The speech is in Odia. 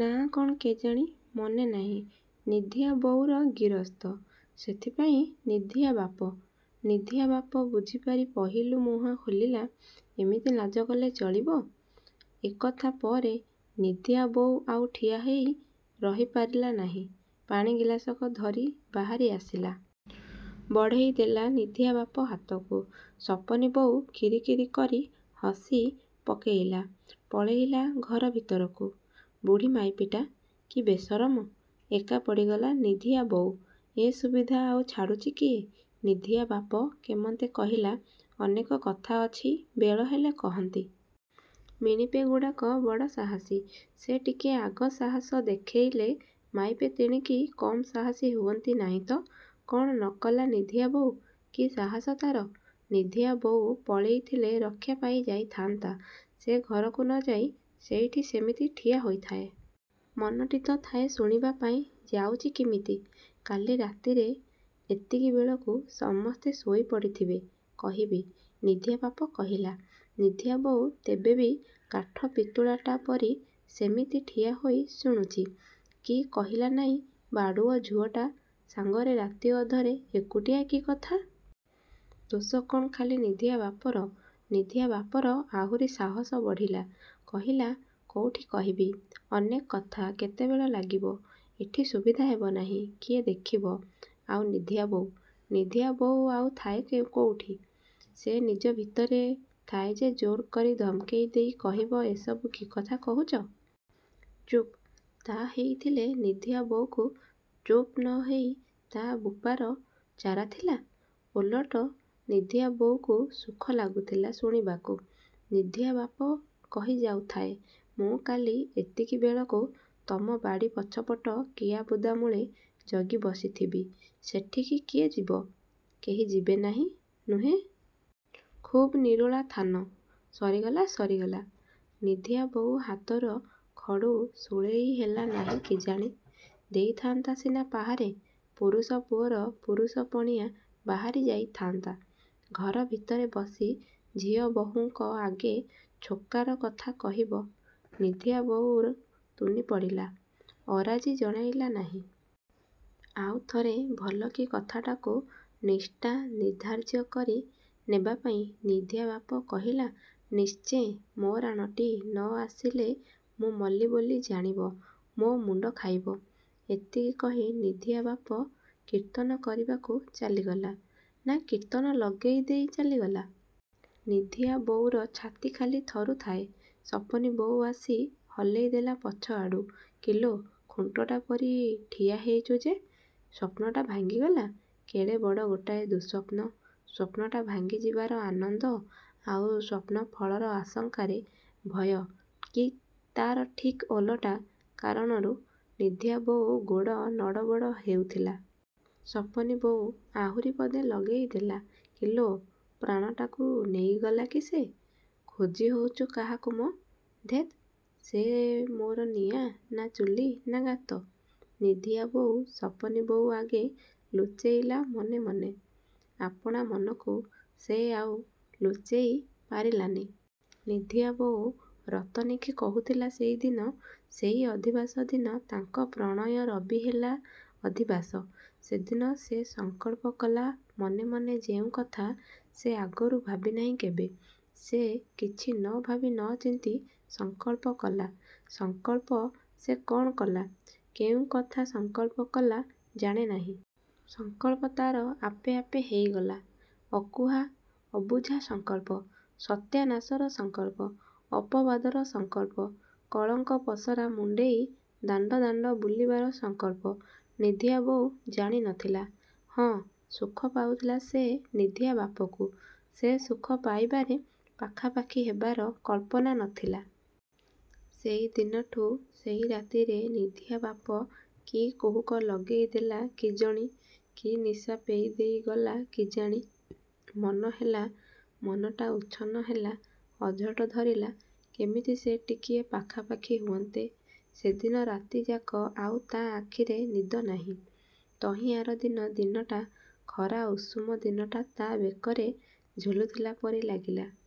ନାଆଁ କ'ଣ କେଜାଣି ମନେ ନାହିଁ। ନିଧିଆ ବୋଉର ଗିରସ୍ତ, ସେଥିପାଇଁ ନିଧିଆ ବାପ। ନିଧିଆ ବାପ ବୁଝିପାରି ପହିଲୁ ମୁହଁ ଖୋଲିଲା''ଏମିତି ଲାଜକଲେ ଚଳିବ? '' ଏକଥା ପରେ ନିଧିଆବୋଉ ଆଉ ଠିଆ ହେଇ ରହି ପାରିଲାନାହିଁ। ପାଣି ଗିଲାସକ ଧରି ବାହାରି ଆସିଲା। ବଢ଼େଇ ଦେଲା ନିଧିଆବାପ ହାତକୁ। ସପନୀବୋଉ କିରି କିରି କରି ହସି ପକେଇଲା। ପଳେଇଲା ଘର ଭିତରକୁ। ବୁଢ଼ୀ ମାଇପିଟା। କି ବେସରମ। ଏକା ପଡ଼ିଗଲା ନିଧିଆ ବୋଉ। ଏ ସୁବିଧା ଆଉ ଛାଡ଼ୁଛି କିଏ? ନିଧିଆବାପ କେମନ୍ତେ କହିଲା ଅନେକ କଥା ଅଛି ବେଳହେଲେ କହନ୍ତି। ମିଣିପେଗୁଡ଼ାକ ବଡ଼ ସାହସୀ। ସେ ଟିକିଏ ଆଗ ସାହସ ଦେଖେଇଲେ ମାଇପେ ତେଣିତି କମ୍ ସାହସୀ ହୁଅନ୍ତି ନାହିଁତ! କ'ଣ ନକଲା ନିଧିଆ ବୋଉ। କି ସାହସ ତା'ର! ନିଧିଆବୋଉ ପଳେଇଥିଲେ ରକ୍ଷା ପାଇ ଯାଇଥାନ୍ତା। ସେ ଘରକୁ ନଯାଇ ସେଇଠି ସେମିତି ଠିଆ ହୋଇଥାଏ। ମନଟି ତ ଥାଏ ଶୁଣିବାପାଇଁ ଯାଉଚି କିମିତି। ''କାଲି ରାତିରେ ଏତିକିବେଳକୁ ସମସ୍ତେ ଶୋଇ ପଡ଼ିଥିବେ କହିବି। '' ନିଧିଆ ବାପ କହିଲା। ନିଧିଆବୋଉ ତେବେବି କାଠ ପିତୁଳାଟାପରି ସେମିତି ଠିଆ ହୋଇ ଶୁଣୁଛି। କି କହିଲାନାହିଁ ବାଡ଼ୁଅ ଝୁଅଟା ସାଙ୍ଗରେ ରାତିଅଧରେ ଏକୁଟିଆ କି କଥା! ଦୋଷ କ'ଣ ଖାଲି ନିଧିଆବାପର! ନିଧିଆବାପର ଆହୁରି ସାହସ ବଢ଼ିଲା। କହିଲା''କୋଉଠି କହିବି? ଅନେକ କଥା କେତେବେଳ ଲାଗିବ। ଏଠି ସୁବିଧା ହେବ ନାହିଁ। କିଏ ଦେଖିବ। '' ଆଉ ନିଧିଆ ବୋଉ! ନିଧିଆବୋଉ ଆଉ ଥାଏ କୋଉଠି। ସେ ନିଜଭିତରେ ଥାଏ ଯେ ଜୋର୍ କରି ଧମକେଇ ଦେଇ କହିବ ଏସବୁ କି କଥା କହୁଚ? ଚୁପ୍। ତା' ହେଇଥିଲେ ନିଧିଆବୋଉକୁ ଚୁପ୍ ନ ହେଇ ତା' ବୁପାର ଚାରା ଥିଲା? ଓଲଟ ନିଧିଆ ବୋଉକୁ ସୁଖ ନାଗୁଥିଲା ଶୁଣିବାକୁ। ନିଧିଆବାପ କହିଯାଉଥାଏ ''ମୁଁ କାଲି ଏତିକିବେଳକୁ ତମ ବାଡ଼ି ପଛପଟ କିଆବୁଦା ମୂଳେ ଜଗିବସିଥିବି। ସେଠିକି କିଏ ଯିବ? କେହି ଯିବେ ନାହିଁ, ନୁହେଁ? ଖୁବ୍ ନିରୋଳା ଥାନ '' ସରିଗଲା ସରିଗଲା। ନିଧିଆବୋଉ ହାତର ଖଡ଼ୁ ଶୂଳେଇ ହେଲାନାହିଁ କିଜାଣି। ଦେଇଥାନ୍ତା ସିନା ପାହାରେ ପୁରୁଷପୁଅର ପୁରୁଷପଣିଆ ବାହାରି ଯାଇ ଥାଆନ୍ତା। ଘର ଭିତରେ ବସି ଝିଅବହୂଙ୍କ ଆଗେ ଛୋକାର କଥା କହିବ। ନିଧିଆବୋଉ ତୁନିପଡ଼ିଲା। ଅରାଜି ଜଣେଇଲା ନାହିଁ। ଆଉ ଥରେ ଭଲକି କଥାଟାକୁ ନିଷ୍ଠା ନିଧାର୍ଯ୍ୟ କରି ନେବାପାଇଁ ନିଧିଆବାପ କହିଲା 'ନିଶ୍ଚେ ମୋ ରାଣଟି ନ ଆସିଲେ ମୁଁ ମଲି ବୋଲି ଜାଣିବ ମୋ ମୁଣ୍ଡ ଖାଇବ। ' ଏତିକି କହି ନିଧିଆବାପ କୀର୍ତ୍ତନ କରିବାକୁ ଚାଲିଗଲା ନା କୀର୍ତ୍ତନ ଲଗେଇ ଦେଇ ଚାଲିଗଲା। ନିଧିଆବୋଉର ଛାତି ଖାଲି ଥରୁଥାଏ ସପନୀବୋଉ ଆସି ହଲେଇ ଦେଲା ପଛଆଡ଼ୁ''କିଲୋ ଖୁଣ୍ଟଟା ପରି ଠିଆହେଇଚୁ ଯେ। '' ସ୍ୱପ୍ନଟା ଭାଙ୍ଗିଗଲା। କେଡ଼େ ବଡ଼ ଗୋଟାଏ ଦୁଃସ୍ୱପ୍ନ। ସ୍ୱପ୍ନଟା ଭାଙ୍ଗି ଯିବାର ଆନନ୍ଦ ଆଉ ସ୍ୱପ୍ନଫଳର ଆଶଙ୍କାରେ ଭୟ କି ତା'ର ଠିକ୍ ଓଲଟା କାରଣରୁ ନିଧିଆବୋଉ ଗୋଡ଼ ନଡ଼ବଡ଼ ହେଉଥିଲା। ସପନୀବୋଉ ଆହୁରି ପଦେ ନଗେଇଦେଲା''କିଲୋ? ପ୍ରାଣଟାକୁ ନେଇଗଲା କି ସେ? ଖୋଜି ହଉଚୁ କାହାକୁ ମ! '' ''ଧେତ୍, ସେ ମୋର ନିଆଁ ନା ଚୁଲି ନା ଗାତ? ''। ନିଧିଆବୋଉ ସପନୀବୋଉ ଆଗେ ଲୁଚେଇଲା ମନେ ମନେ। ଆପଣାମନକୁ ସେ ଆଉ ଲୁଚେଇ ପାରିଲାନି। ନିଧିଆବୋଉ ରତନୀକି କହୁଥିଲା ସେଇଦିନ ସେଇ ଅଧିବାସ ଦିନ ତାଙ୍କ ପ୍ରଣୟରବି ହେଲା ଅଧିବାସ। ସେଦିନ ସେ ସଂକଳ୍ପ କଲା ମନେ ମନେ ଯେଉଁକଥା ସେ ଆଗରୁ ଭାବିନାହିଁ କେବେ ସେ କିଛି ନ ଭାବି ନଚିନ୍ତି ସଂକଳ୍ପ କଲା। ସଂକଳ୍ପ ସେ କ'ଣ କଲା, କେଉଁ କଥା ସଂକଳ୍ପ କଲା ଜାଣେ ନାହିଁ। ସଂକଳ୍ପ ତା'ର ଆପେ ଆପେ ହେଇଗଲା। ଅକୁହା, ଅବୁଝା ସଂକଳ୍ପ। ସତ୍ୟାନାଶର ସଂକଳ୍ପ ଅପବାଦର ସଂକଳ୍ପ କଳଙ୍କ ପଶରା ମୁଣ୍ଡେଇ ଦାଣ୍ଡ ଦାଣ୍ଡ ବୁଲିବାର ସଂକଳ୍ପ ନିଧିଆବୋଉ ଜାଣି ନଥିଲା। ହଁ, ସୁଖପାଉଥିଲା ସେ ନିଧିଆବାପକୁ। ସେ ସୁଖ ପାଇବାରେ ପାଖାପାଖି ହେବାର କଳ୍ପନା ନଥିଲା। ସେଇଦିନଠୁ, ସେଇ ରାତିରେ ନିଧିଆବାପ କି କୁହୁକ ଲଗେଇ ଦେଲା କିଜଣି, କି ନିଶା ପେଇ ଦେଇଗଲା କିଜାଣି, ମନହେଲା, ମନଟା ଉଚ୍ଛନ୍ନ ହେଲା, ଅଝଟ ଧରିଲା, କିମିତି ସେ ଟିକିଏ ପାଖାପାଖି ହୁଅନ୍ତେ। ସେଦିନ ରାତିଯାକ ଆଉ ତା' ଆଖିରେ ନିଦନାହିଁ। ତହିଁଆରଦିନ ଦିନଟା, ଖରା ଉଷୁମ ଦିନଟା ତା' ବେକରେ ଝୁଲୁଥିଲା ପରି ଲାଗିଲା।